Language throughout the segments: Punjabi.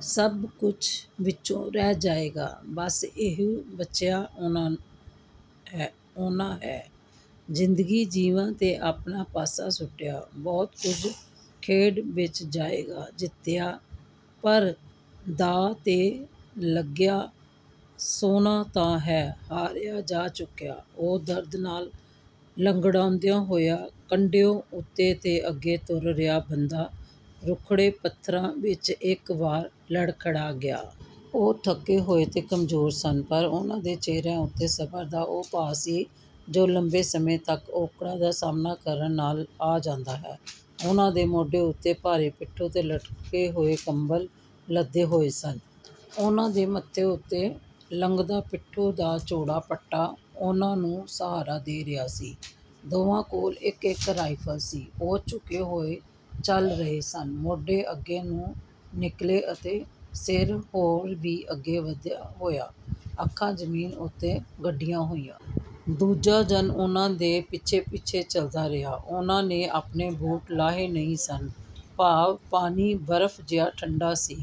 ਸਭ ਕੁੱਝ ਵਿੱਚੋਂ ਰਹਿ ਜਾਏਗਾ, ਬਸ ਇਹੋ ਬਚਿਆ ਉਹਨਾਂ ਹੈ। ਜ਼ਿੰਦਗੀ ਜੀਵੀ ਤੇ ਆਪਣਾ ਪਾਸਾ ਸੁੱਟਿਆ। ਬਹੁਤ ਕੁੱਝ ਖੇਡ ਵਿੱਚ ਜਾਏਗਾ, ਜਿੱਤਿਆ; ਪਰ ਦਾਅ 'ਤੇ ਲੱਗਿਆ ਸੋਨਾ ਤਾਂ ਹੈ ਹਾਰਿਆ ਜਾ ਚੁੱਕਿਆ। ਉਹ ਦਰਦ ਨਾਲ਼ ਲੰਗੜਾਉਂਦੇ ਹੋਏ ਕੰਢਿਓਂ ਉੱਤਰੇ ਤੇ ਅੱਗੇ ਤੁਰ ਰਿਹਾ ਬੰਦਾ ਰੁੱਖੜੇ ਪੱਥਰਾਂ ਵਿੱਚ ਇੱਕ ਵਾਰ ਲੜਖੜਾ ਗਿਆ। ਉਹ ਥੱਕੇ ਹੋਏ ਤੇ ਕਮਜ਼ੋਰ ਸਨ ਅਤੇ ਉਨ੍ਹਾਂ ਦੇ ਚਿਹਰਿਆਂ ਉੱਤੇ ਸਬਰ ਦਾ ਉਹ ਭਾਵ ਸੀ, ਜੋ ਲੰਮੇ ਸਮੇਂ ਤੱਕ ਔਕੜਾਂ ਦਾ ਸਾਹਮਣਾ ਕਰਨ ਨਾਲ਼ ਆ ਜਾਂਦਾ ਹੈ। ਉਨ੍ਹਾਂ ਦੇ ਮੋਢੇ ਉੱਤੇ ਭਾਰੀ ਪਿੱਠੂ ਅਤੇ ਲਪੇਟੇ ਹੋਏ ਕੰਬਲ਼ ਲੱਦੇ ਹੋਏ ਸਨ। ਉਨ੍ਹਾਂ ਦੇ ਮੱਥੇ ਉੱਤੋਂ ਲੰਘਦਾ ਪਿੱਠੂ ਦਾ ਚੌੜਾ ਪੱਟਾ ਉਹਨਾਂ ਨੂੰ ਸਹਾਰਾ ਦੇ ਰਿਹਾ ਸੀ। ਦੋਵਾਂ ਕੋਲ਼ ਇੱਕ-ਇੱਕ ਰਾਇਫਲ ਸੀ। ਉਹ ਝੁਕੇ ਹੋਏ ਚੱਲ ਰਹੇ ਸਨ; ਮੋਢੇ ਅੱਗੇ ਨੂੰ ਨਿੱਕਲ਼ੇ ਅਤੇ ਸਿਰ ਹੋਰ ਵੀ ਅੱਗੇ ਵਧਿਆ ਹੋਇਆ, ਅੱਖਾਂ ਜ਼ਮੀਨ ਉੱਤੇ ਗੱਡੀਆਂ ਹੋਈਆਂ। ਦੂਜਾ ਜਣ ਉਹਨਾਂ ਦੇ ਪਿੱਛੇ-ਪਿੱਛੇ ਚੱਲਦਾ ਰਿਹਾ। ਉਨ੍ਹਾਂ ਨੇ ਆਪਣੇ ਬੂਟ ਲਾਹੇ ਨਹੀਂ ਸਨ, ਭਾਵੇਂ ਪਾਣੀ ਬਰਫ ਜਿਹਾ ਠੰਡਾ ਸੀ,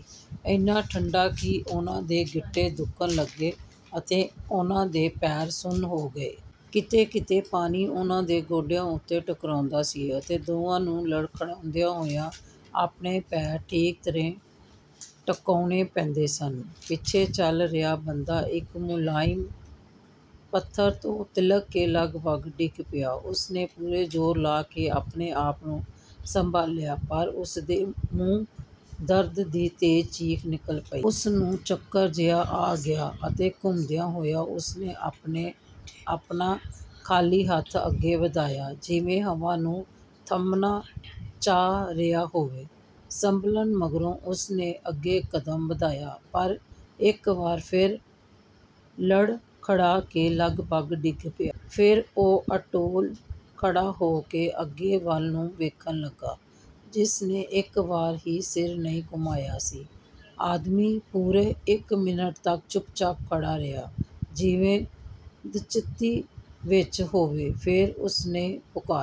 ਇੰਨਾ ਠੰਡਾ ਕਿ ਉਨ੍ਹਾਂ ਦੇ ਗਿੱਟੇ ਦੁਖਣ ਲੱਗੇ ਅਤੇ ਉਨ੍ਹਾਂ ਦੇ ਪੈਰ ਸੁੰਨ ਹੋ ਗਏ। ਕਿਤੇ-ਕਿਤੇ ਪਾਣੀ ਉਨ੍ਹਾਂ ਦੇ ਗੋਡਿਆਂ ਨਾਲ਼ ਟਕਰਾਉਂਦਾ ਸੀ ਅਤੇ ਦੋਵਾਂ ਨੂੰ ਲੜਖੜਾਉਂਦੇ ਹੋਇਆਂ ਆਪਣੇ ਪੈਰ ਠੀਕ ਤਰ੍ਹੇਂ ਟਿਕਾਉਂਣੇ ਪੈਂਦੇ ਸਨ। ਪਿੱਛੇ ਚੱਲ ਰਿਹਾ ਬੰਦ ਇੱਕ ਮੁਲਾਇਮ ਪੱਥਰ 'ਤੇ ਤਿਲਕ ਕੇ ਲਗਭਗ ਡਿੱਗ ਪਿਆ; ਉਸਨੇ ਪੂਰਾ ਜ਼ੋਰ ਲਾ ਕੇ ਆਪਣੇ-ਆਪ ਨੂੰ ਸੰਭਾਲ਼ਿਆ, ਪਰ ਉਸਦੇ ਮੂੰਹੋਂ ਦਰਦ ਦੀ ਤੇਜ਼ ਚੀਖ ਨਿੱਕਲ਼ ਪਈ। ਉਸਨੂੰ ਚੱਕਰ ਜਿਹਾ ਆ ਗਿਆ ਅਤੇ ਘੁੰਮਦੇ ਹੋਇਆ ਉਸਨੇ ਆਪਣਾ ਖਾਲੀ ਹੱਥ ਅੱਗੇ ਵਧਾਇਆ, ਜਿਵੇਂ ਹਵਾ ਨੂੰ ਥੰਮਣਾ ਚਾਹ ਰਿਹਾ ਹੋਵੇ। ਸੰਭਲਣ ਮਗਰੋਂ ਉਸਨੇ ਅੱਗੇ ਕਦਮ ਵਧਾਇਆ, ਪਰ ਇੱਕ ਵਾਰ ਫਿਰ ਲੜਖੜਾ ਕੇ ਲਗਭਗ ਡਿੱਗ ਪਿਆ। ਫਿਰ ਉਹ ਅਡੋਲ ਖੜਾ ਹੋ ਕੇ ਅੱਗੇ ਵਾਲ਼ ਨੂੰ ਵੇਖਣ ਲੱਗਾ, ਜਿਸਨੇ ਇੱਕ ਵਾਰ ਵੀ ਸਿਰ ਨਹੀਂ ਘੁੰਮਾਇਆ ਸੀ। ਆਦਮੀ ਪੂਰੇ ਇੱਕ ਮਿੰਟ ਤੱਕ ਚੁੱਪਚਾਪ ਖੜਾ ਰਿਹਾ, ਜਿਵੇਂ ਦੁਚਿੱਤੀ ਵਿੱਚ ਹੋਵੇ। ਫਿਰ ਉਸਨੇ ਪੁਕਾਰਿਆ।